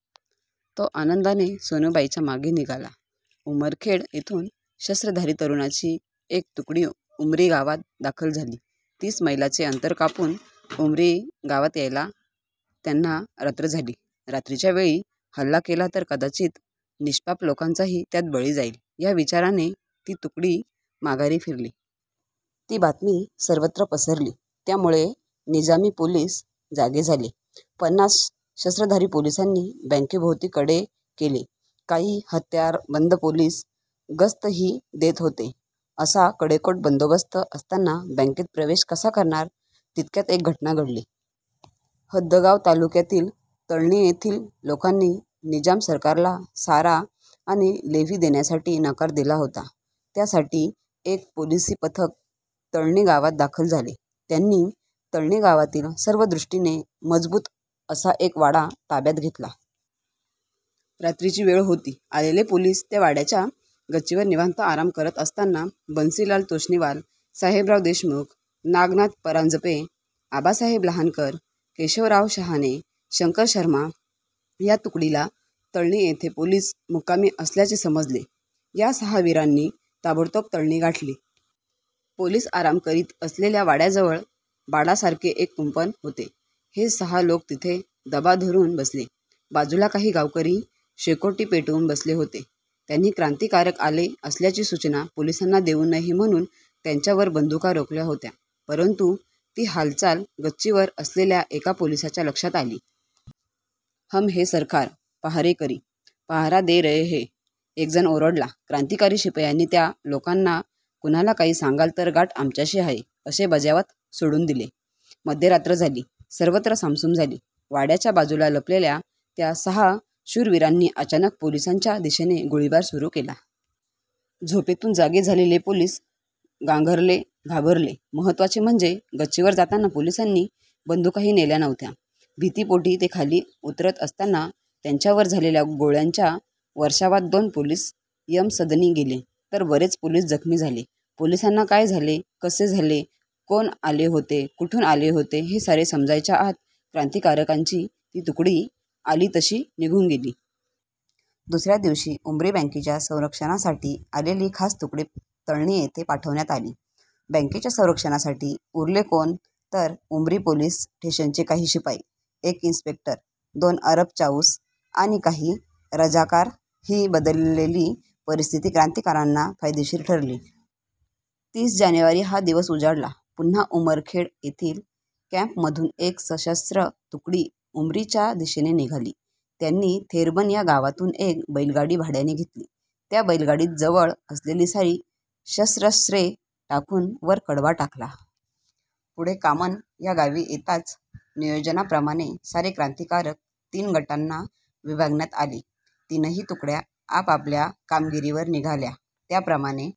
तो आनंदाने सोनूबाईच्या मागे निघाला. उमरखेड येथून शस्त्रधारी तरुणांची एक तुकडी उमरी गावात दाखल झाली. तीस मैलांचे अंतर कापून उमरी गावात यायला त्यांना रात्र झाली. रात्रीच्या वेळी हल्ला केला तर कदाचित निष्पाप लोकांचाही त्यात बळी जाईल, या विचाराने ती तुकडी माघारी फिरली. ती बातमी सर्वत्र पसरली. त्यामुळे निजामी पोलीस जागे झाले. पन्नास शस्त्रधारी पोलिसांनी बँकेभोवती कडे केले. काही हत्यारबंद पोलीस गस्तही देत होते. असा कडेकोट बंदोबस्त असताना बँकेत प्रवेश कसा करणार? तितक्यात एक घटना घडली. हदगाव तालुक्यातील तळणी येथील लोकांनी निजाम सरकारला सारा आणि लेव्ही देण्यासाठी नकार दिला होता. त्यासाठी एक पोलिसी पथक तळणी गावात दाखल झाले. त्यांनी तळणी गावातील सर्व दृष्टीने मजबूत असा एक वाडा ताब्यात घेतला. रात्रीची वेळ होती. आलेले पोलीस त्या वाड्याच्या गच्चीवर निवांत आराम करीत असताना बन्सीलाल तोष्णीवाल, साहेबराव देशमुख, नागनाथ परांजपे, आबासाहेब लहानकर, केशवराव शहाणे, शंकर शर्मा या तुकडीला तळणी येथे पोलीस मुक्कामी असल्याचे समजले. या सहा वीरांनी ताबडतोब तळणी गाठली. पोलीस आराम करीत असलेल्या वाड्याजवळ बाडासारखे एक कुंपण होते. हे सहा लोक तिथे दबा धरून बसले. बाजूला काही गावकरी शेकोटी पेटवून बसले होते. त्यांनी क्रांतिकारक आले असल्याची सूचना पोलिसांना देऊ नये म्हणून त्यांच्यावर बंदुका रोखल्या होत्या, परंतु ती हालचाल गच्चीवर असलेल्या एका पोलिसाच्या लक्षात आली. हम है सरकार, पहारेकरी! पहारा दे रहे है. एकजण ओरडला. क्रांतिकारी शिपायांनी त्या लोकांना कुणाला काही सांगाल तर गाठ आमच्याशी आहे, असे बजावत सोडून दिले. मध्यरात्र झाली. सर्वत्र सामसूम झाली. वाड्याच्या बाजूला लपलेल्या त्या सहा शूरवीरांनी अचानक पोलिसांच्या दिशेने गोळीबार सुरू केला. झोपेतून जागे झालेले पोलीस गांगरले, घाबरले. महत्त्वाचे म्हणजे गच्चीवर जाताना पोलिसांनी बंदुकाही नेल्या नव्हत्या. भीतीपोटी ते खाली उतरत असताना त्यांच्यावर झालेल्या गोळ्यांच्या वर्षावात दोन पोलीस यमसदनी गेले, तर बरेच पोलीस जखमी झाले. पोलिसांना काय झाले, कसे झाले, कोण आले होते, कुठून आले होते, हे सारे समजायच्या आत क्रांतिकारकांची ती तुकडी आली तशी निघून गेली. दुसऱ्या दिवशी उमरी बँकेच्या संरक्षणासाठी आलेली खास तुकडी तळणी येथे पाठवण्यात आली. बँकेच्या संरक्षणासाठी उरले कोण तर उमरी पोलीस स्टेशनचे काही शिपाई, एक इन्स्पेक्टर, दोन अरब चाऊस आणि काही रझाकार! ही बदललेली परिस्थिती क्रांतिकारकांना फायदेशीर ठरली. तीस जानेवारी हा दिवस उजाडला. पुन्हा उमरखेड येथील कॅम्पमधून एक सशस्त्र तुकडी उमरीच्या दिशेने निघाली. त्यांनी थेरबन या गावातून एक बैलगाडी भाड्याने घेतली. त्या बैलगाडीत जवळ असलेली सारी शस्त्रास्त्रे टाकून वर कडबा टाकला. पुढे कामन या गावी येताच नियोजनाप्रमाणे सारे क्रांतिकारक तीन गटांत विभागण्यात आले. तीनही तुकड्या आपापल्या कामगिरीवर निघाल्या. त्याप्रमाणे